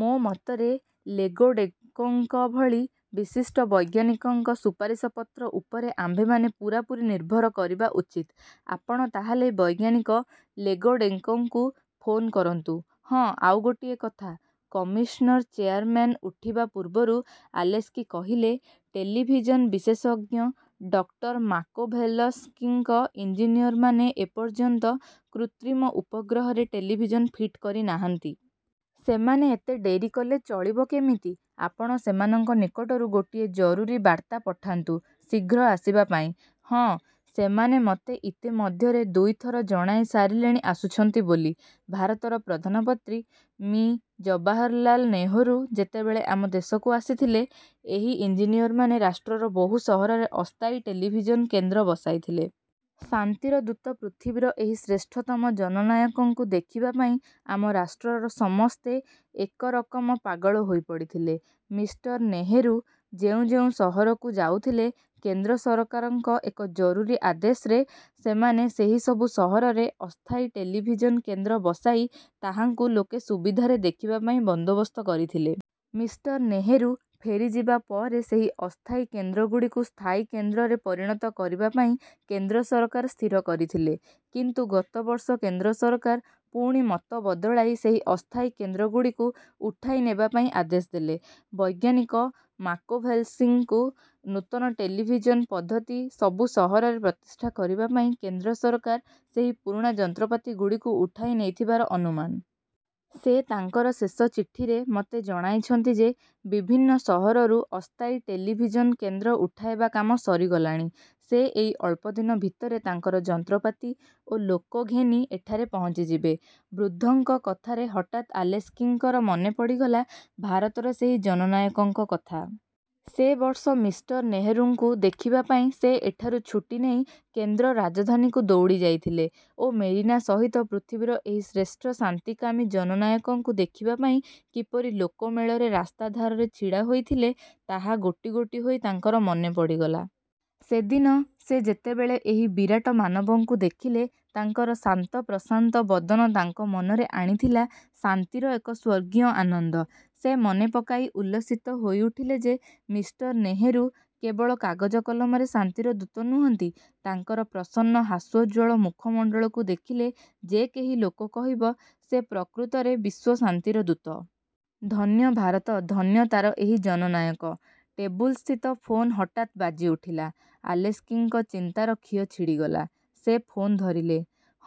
ମୋ ମତରେ ଲୋଗୋଡ଼େଙ୍କୋଙ୍କ ଭଳି ବିଶିଷ୍ଟ ବୈଜ୍ଞାନିକଙ୍କ ସୁପାରିଶପତ୍ର ଉପରେ ଆମ୍ଭେମାନେ ପୂରାପୂରି ନିର୍ଭର କରିବା ଉଚିତ। ଆପଣ ତାହେଲେ ବୈଜ୍ଞାନିକ ଲୋଗୋଡ଼େଙ୍କୋଙ୍କୁ ଫୋନ୍ କରନ୍ତୁ। '' ''ହଁ, ଆଉ ଗୋଟିଏ କଥା'' କମିଶନ୍ର ଚେୟାରମ୍ୟାନ୍ ଉଠିବା ପୂର୍ବରୁ ଆଲେସ୍କି କହିଲେ, ''ଟେଲିଭିଜନ୍ ବିଶେଷଜ୍ଞ ଡକ୍ଟର ମାକୋଭେଲସ୍କିଙ୍କ ଇଞ୍ଜିନିୟରମାନେ ଏପର୍ଯ୍ୟନ୍ତ କୃତ୍ରିମ ଉପଗ୍ରହରେ ଟେଲିଭିଜନ୍ ଫିଟ୍ କରି ନାହାନ୍ତି। ସେମାନେ ଏତେ ଡେରି କଲେ ଚଳିବ କେମିତି? ଆପଣ ସେମାନଙ୍କ ନିକଟରୁ ଗୋଟିଏ ଜରୁରୀ ବାର୍ତ୍ତା ପଠାନ୍ତୁ ଶୀଘ୍ର ଆସିବା ପାଇଁ। '' ''ହଁ, ସେମାନେ ମୋତେ ଇତି ମଧ୍ୟରେ ଦୁଇଥର ଜଣାଇ ସାରିଲେଣି ଆସୁଛନ୍ତି ବୋଲି-। ଭାରତର ପ୍ରଧାନମନ୍ତ୍ରୀ ମି. ଜବାହାରଲାଲ୍ ନେହେରୁ ଯେତେବେଳେ ଆମ ଦେଶକୁ ଆସିଥିଲେ ଏହି ଇଞ୍ଜିନିୟରମାନେ ରାଷ୍ଟ୍ରର ବହୁ ସହରରେ ଅସ୍ଥାୟୀ ଟେଲିଭିଜନ୍ କେନ୍ଦ୍ର ବସାଇଥିଲେ-। ଶାନ୍ତିର ଦୂତ ପୃଥିବୀର ଏହି ଶ୍ରେଷ୍ଠତମ ଜନନାୟକଙ୍କୁ ଦେଖିବା ପାଇଁ ଆମ ରାଷ୍ଟ୍ରର ସମସ୍ତେ ଏକରକମ ପାଗଳ ହୋଇପଡ଼ିଥିଲେ। ମିଷ୍ଟର୍ ନେହେରୁ ଯେଉଁ ଯେଉଁ ସହରକୁ ଯାଉଥିଲେ କେନ୍ଦ୍ର ସରକାରଙ୍କ ଏକ ଜରୁରୀ ଆଦେଶରେ ସେମାନେ ସେହି ସବୁ ସହରରେ ଅସ୍ଥାୟୀ ଟେଲିଭିଜନ୍ କେନ୍ଦ୍ର ବସାଇ ତାହାଙ୍କୁ ଲୋକେ ସୁବିଧାରେ ଦେଖିବାପାଇଁ ବନ୍ଦୋବସ୍ତ କରିଥିଲେ। ମିଷ୍ଟର୍ ନେହେରୁ ଫେରିଯିବା ପରେ ସେହି ଅସ୍ଥାୟୀ କେନ୍ଦ୍ର ଗୁଡ଼ିକୁ ସ୍ଥାୟୀ କେନ୍ଦ୍ରରେ ପରିଣତ କରିବା ପାଇଁ କେନ୍ଦ୍ର ସରକାର ସ୍ଥିର କରିଥିଲେ। କିନ୍ତୁ ଗତବର୍ଷ କେନ୍ଦ୍ରସରକାର ପୁଣି ମତ ବଦଳାଇ ସେହି ଅସ୍ଥାୟୀ କେନ୍ଦ୍ରଗୁଡ଼ିକୁ ଉଠାଇ ନେବା ପାଇଁ ଆଦେଶ ଦେଲେ। ବୈଜ୍ଞାନିକ ମାକୋଭେଲସ୍କିଙ୍କୁ ନୂତନ ଟେଲିଭିଜନ୍ ପଦ୍ଧତି ସବୁ ସହରରେ ପ୍ରତିଷ୍ଠା କରିବାପାଇଁ କେନ୍ଦ୍ର ସରକାର ସେହି ପୁରୁଣା ଯନ୍ତ୍ରପାତିଗୁଡ଼ିକୁ ଉଠାଇ ନେଇଥିବାର ଅନୁମାନ। ସେ ତାଙ୍କର ଶେଷ ଚିଠିରେ ମୋତେ ଜଣାଇଛନ୍ତି ଯେ, ବିଭିନ୍ନ ସହରରୁ ଅସ୍ତାୟୀ ଟେଲିଭିଜନ୍ କେନ୍ଦ୍ର ଉଠାଇବା କାମ ସରିଗଲାଣି। ସେ ଏଇ ଅଳ୍ପଦିନ ଭିତରେ ତାଙ୍କର ଯନ୍ତ୍ରପାତି ଓ ଲୋକ ଘେନି ଏଠାରେ ପହଞ୍ଚିଯିବେ। '' ବୃଦ୍ଧଙ୍କ କଥାରେ ହଠାତ୍ ଆଲେସ୍କିଙ୍କର ମନେପଡ଼ିଗଲା, ଭାରତର ସେହି ଜନନାୟକଙ୍କ କଥା। ସେ ବର୍ଷ ମିଷ୍ଟର ନେହୁରୁଙ୍କୁ ଦେଖିବା ପାଇଁ ସେ ଏଠାରୁ ଛୁଟି ନେଇ କେନ୍ଦ୍ର ରାଜଧାନୀକୁ ଦୌଡ଼ିଯାଇଥିଲେ ଓ ମେରିନା ସହିତ ପୃଥିବୀର ଏହି ଶ୍ରେଷ୍ଠ ଶାନ୍ତିକାମୀ ଜନନାୟକଙ୍କୁ ଦେଖିବାପାଇଁ କିପରି ଲୋକମେଳରେ ରାସ୍ତାଧାରରେ ଛିଡ଼ା ହୋଇଥିଲେ, ତାହା ଗୋଟି ଗୋଟି ହୋଇ ତାଙ୍କର ମନେ ପଡ଼ିଗଲା। ସେଦିନ ସେ ଯେତେବେଳେ ଏହି ବିରାଟ ମାନବଙ୍କୁ ଦେଖିଲେ, ତାଙ୍କର ଶାନ୍ତପ୍ରଶାନ୍ତ ବଦନ ତାଙ୍କ ମନରେ ଆଣିଥିଲା ଶାନ୍ତିର ଏକ ସ୍ୱର୍ଗୀୟ ଆନନ୍ଦ। ସେ ମନେ ପକାଇ ଉଲ୍ଲସିତ ହୋଇଉଠିଲେ ଯେ ମିଷ୍ଟର୍ ନେହେରୁ କେବଳ କାଗଜ-କଲମରେ ଶାନ୍ତିର ଦୂତ ନୁହନ୍ତି; ତାଙ୍କର ପ୍ରସନ୍ନ ହାସ୍ୟୋଜ୍ୱଳ ମୂଖମଣ୍ଡଳକୁ ଦେଖିଲେ ଯେ କେହି ଲୋକ କହିବ, ସେ ପ୍ରକୃତରେ ବିଶ୍ୱଶାନ୍ତିର ଦୂତ। ଧନ୍ୟ ଭାରତ! ଧନ୍ୟ ତା'ର ଏହି ଜନନାୟକ! ଟେବୁଲସ୍ଥିତ ଫୋନ୍ ହଠାତ୍ ବାଜିଉଠିଲା।। ଆଲେସ୍କିଙ୍କ ଚିନ୍ତାର ଖିଅ ଛିଡ଼ିଗଲା-ସେ ଫୋନ୍ ଧରିଲେ।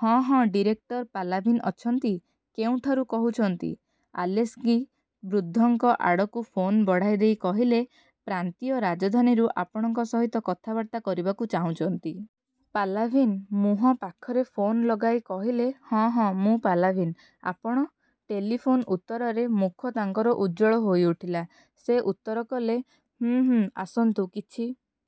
''ହଁ, ହଁ, ଡିରେକ୍ଟର ପାଲାଭିନ୍ ଅଛନ୍ତି। କେଉଁଠାରୁ କହୁଛନ୍ତି? '' ଆଲେସ୍କି ବୃଦ୍ଧଙ୍କ ଆଡ଼କୁ ଫୋନ୍ ବଢ଼ାଇଦେଇ କହିଲେ, ''ପ୍ରାନ୍ତୀୟ ରାଜଧାନୀରୁ ଆପଣଙ୍କ ସହିତ କଥାବାର୍ତ୍ତା କରିବାକୁ ଚାହୁଁଚନ୍ତି। '' ପାଲାଭିନ୍ ମୁହଁ ପାଖରେ ଫୋନ୍ ଲଗାଇ କହିଲେ-''ହଁ, ହଁ, ମୁଁ ପାଲାଭିନ୍, ଆପଣ-.. -?'' ଟେଲିଫୋନ୍ର ଉତ୍ତରରେ ମୁଖ ତାଙ୍କର ଉଜ୍ଜଳ ହୋଇଉଠିଲା। ସେ ଉତ୍ତର କଲେ, ''ହୁଁ, ହୁଁ ଆସନ୍ତୁ, କିଛି